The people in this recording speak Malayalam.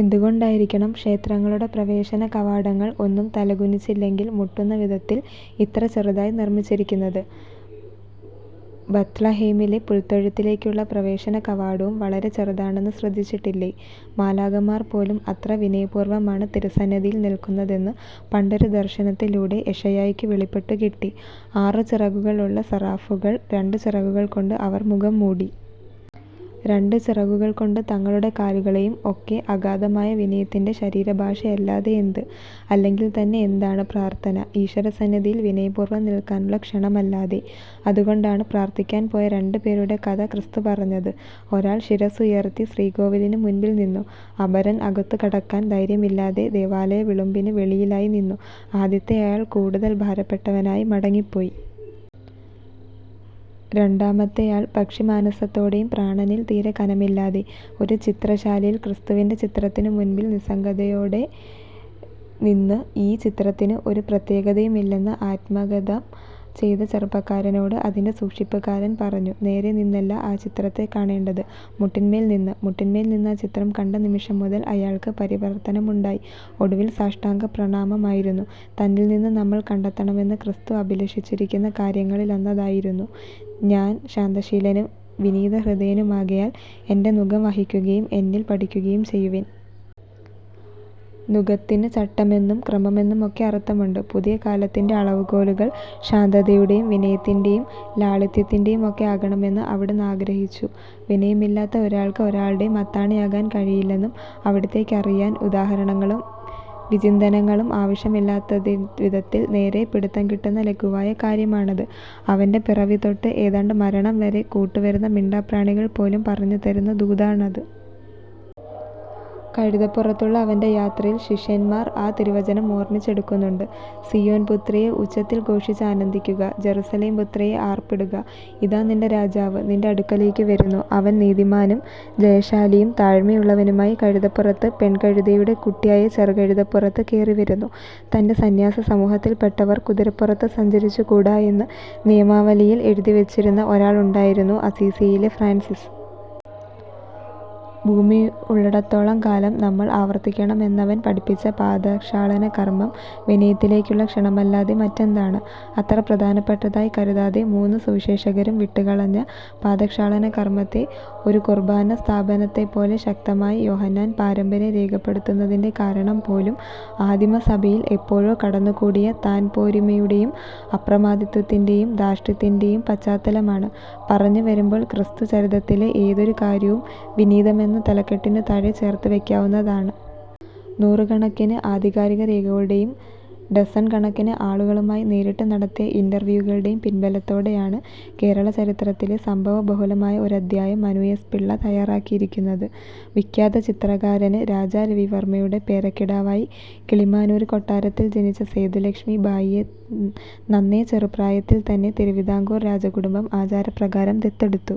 എന്തുകൊണ്ടായിരിക്കണം ക്ഷേത്രങ്ങളുടെ പ്രവേശനകവാടങ്ങൾ ഒന്നു തലകുനിച്ചില്ലെങ്കിൽ മുട്ടുന്നവിധത്തിൽ ഇത്ര ചെറുതായി നിർമിച്ചിരിക്കുന്നത്. ബത്ലഹേമിലെ പുൽത്തൊഴുത്തിലേക്കുള്ള പ്രവേശനകവാടവും വളരെ ചെറുതാണെന്ന് ശ്രദ്ധിച്ചിട്ടില്ലേ. മാലാഖമാർപോലും എത്ര വിനയപൂർവമാണ് തിരുസന്നിധിയിൽ നില്ക്കുന്നതെന്ന് പണ്ടൊരു ദർശനത്തിലൂടെ ഏശയ്യായ്ക്കു വെളിപ്പെട്ടു കിട്ടി. ആറു ചിറകുകളുള്ള സെറാഫുകൾ. രണ്ടു ചിറകുകൾകൊണ്ട് അവർ മുഖം മൂടി. രണ്ടു ചിറകുകൾകൊണ്ട് തങ്ങളുടെ കാലുകളെയും. ഒക്കെ അഗാധമായ വിനയത്തിന്റെ ശരീരഭാഷയല്ലാതെയെന്ത്. അല്ലെങ്കിൽത്തന്നെയെന്താണ് പ്രാർഥന. ഈശ്വരസന്നിധിയിൽ വിനയപൂർവം നിൽക്കാനുള്ള ക്ഷണമല്ലാതെ. അതുകൊണ്ടാണ് പ്രാർഥിക്കാൻ പോയ രണ്ടുപേരുടെ കഥ ക്രിസ്തുപറഞ്ഞത്. ഒരാൾ ശിരസ്സുയർത്തി ശ്രീകോവിലിന് മുൻപിൽനിന്നു. അപരൻ അകത്തുകടക്കാൻ ധൈര്യമില്ലാതെ ദേവാലയ വിളുമ്പിനു വെളിയിലായിനിന്നു. ആദ്യത്തെയാൾ കൂടുതൽ ഭാരപ്പെട്ടവനായി മടങ്ങിപ്പോയി. രണ്ടാമത്തെയാൾ പക്ഷിമാനസത്തോടെയും. പ്രാണനിൽ തീരേ കനമില്ലാതെ. ഒരു ചിത്രശാലയിൽ ക്രിസ്തുവിന്റെ ചിത്രത്തിനുമുൻപിൽ നിസ്സംഗതയോടെ നിന്ന് 'ഈ ചിത്രത്തിന് ഒരു പ്രത്യേകതയുമില്ലെ'ന്ന് ആത്മഗതംചെയ്ത ചെറുപ്പക്കാരനോട് അതിന്റെ സൂക്ഷിപ്പുകാരൻ പറഞ്ഞു:നേരെനിന്നല്ല ആ ചിത്രത്തെ കാണേണ്ടത്, മുട്ടിന്മേൽനിന്ന്. മുട്ടിന്മേൽനിന്ന് ആ ചിത്രം കണ്ടനിമിഷം മുതൽ അയാൾക്ക് പരിവർത്തനമുണ്ടായി. ഒടുവിൽ സാഷ്ടാംഗപ്രണാമമായിരുന്നു. തന്നിൽനിന്ന് നമ്മൾ കണ്ടെത്തണമെന്ന് ക്രിസ്തു അഭിലഷിച്ചിരുന്ന കാര്യങ്ങളിലൊന്നതായിരുന്നു:ഞാൻ ശാന്തശീലനും വിനീതഹൃദയനുമാകയാൽ എന്റെ നുകം വഹിക്കുകയും എന്നിൽനിന്ന് പഠിക്കുകയും ചെയ്യുവിൻ. നുകത്തിന് ചട്ടമെന്നും ക്രമമെന്നുമൊക്കെ അർഥമുണ്ട്. പുതിയ കാലത്തിന്റെ അളവുകോലുകൾ ശാന്തതയുടെയും വിനയത്തിന്റെയും ലാളിത്യത്തിന്റെയുമൊക്കെ ആകണമെന്ന് അവിടുന്ന് ആഗ്രഹിച്ചു. വിനയമില്ലാത്ത ഒരാൾക്ക് ഒരാളുടെയും അത്താണിയാകാൻ കഴിയില്ലെന്നും അവിടുത്തേക്ക് അറിയാം. ഉദാഹരണങ്ങളും വിചിന്തനങ്ങളും ആവശ്യമില്ലാത്തവിധത്തിൽ നേരേ പിടുത്തംകിട്ടുന്ന ലഘുവായ കാര്യമാണത്. അവന്റെ പിറവിതൊട്ട് ഏതാണ്ട് മരണംവരെ കൂട്ടുവരുന്ന മിണ്ടാപ്രാണികൾപോലും പറഞ്ഞുതരുന്ന ദൂതതാണ്. കഴുതപ്പുറത്തുള്ള അവന്റെ യാത്രയിൽ ശിഷ്യന്മാർ ആ തിരുവചനം ഓർമിച്ചെടുക്കുന്നുണ്ട്. സീയോൻപുത്രിയേ, ഉച്ചത്തിൽ ഘോഷിച്ച് ആനന്ദിക്കുക. ജറുസലേം പുത്രിയേ, ആർപ്പിടുക. ഇതാ നിന്റെ രാജാവ് നിന്റെ അടുക്കലേക്ക് വരുന്നു. അവൻ നീതിമാനും ജയശാലിയും താഴ്മയുള്ളവനുമായി കഴുതപ്പുറത്ത്, പെൺകഴുതയുടെ കുട്ടിയായ ചെറുകഴുതപ്പുറത്ത് കയറിവരുന്നു. തന്റെ സന്ന്യാസസമൂഹത്തിൽപ്പെട്ടവർ കുതിരപ്പുറത്ത് സഞ്ചരിച്ചുകൂടായെന്ന് നിയമാവലിയിൽ എഴുതിവെച്ചിരുന്ന ഒരാളുണ്ടായിരുന്നു അസ്സീസിയിലെ ഫ്രാൻസിസ്. ഭൂമിയുള്ളിടത്തോളം കാലം നമ്മൾ ആവർത്തിക്കണമെന്നവൻ പഠിപ്പിച്ച പാദക്ഷാളനകർമം വിനയത്തിലേക്കുള്ള ക്ഷണമല്ലാതെ മറ്റെന്താണ്. അത്ര പ്രധാനപ്പെട്ടതായി കരുതാതെ മൂന്നു സുവിശേഷകരും വിട്ടുകളഞ്ഞ പാദക്ഷാളനകർമത്തെ ഒരു കുർബാന സംസ്ഥാപനത്തെപ്പോലെ ശക്തമായി യോഹന്നാൻ പാരമ്പര്യം രേഖപ്പെടുത്തുന്നതിന്റെ കാരണംപോലും ആദിമസഭയിൽ എപ്പോഴോ കടന്നുകൂടിയ താൻപോരിമയുടെയും അപ്രമാദിത്വത്തിന്റെയും ധാർഷ്ട്യത്തിന്റെയും പശ്ചാത്തലമാണ്. പറഞ്ഞുവരുമ്പോൾ ക്രിസ്തുചരിതത്തിലെ ഏതൊരു കാര്യവും വിനീതമെന്ന തലക്കെട്ടിനുതാഴെ ചേർത്തുവെക്കാവുന്നതാണ്. നൂറുകണക്കിന് ആധികാരിക രേഖകളുടെയും ഡസണ് കണക്കിന് ആളുകളുമായി നേരിട്ട് നടത്തിയ ഇന്റര്വ്യൂകളുടെയും പിന്ബലത്തോടെയാണ് കേരളചരിത്രത്തിലെ സംഭവബഹുലമായ ഒരധ്യായം മനു എസ്. പിള്ള തയ്യാറാക്കിയിരിക്കുന്നത്. വിഖ്യാത ചിത്രകാരന് രാജാ രവിവര്മയുടെ പേരക്കിടാവായി കിളിമാനൂര് കൊട്ടാരത്തില് ജനിച്ച സേതു ലക്ഷ്മി ഭായിയെ നന്നെ ചെറുപ്രായത്തില് തന്നെ തിരുവിതാംകൂര് രാജകുടുംബം ആചാരപ്രകാരം ദത്തെടുത്തു.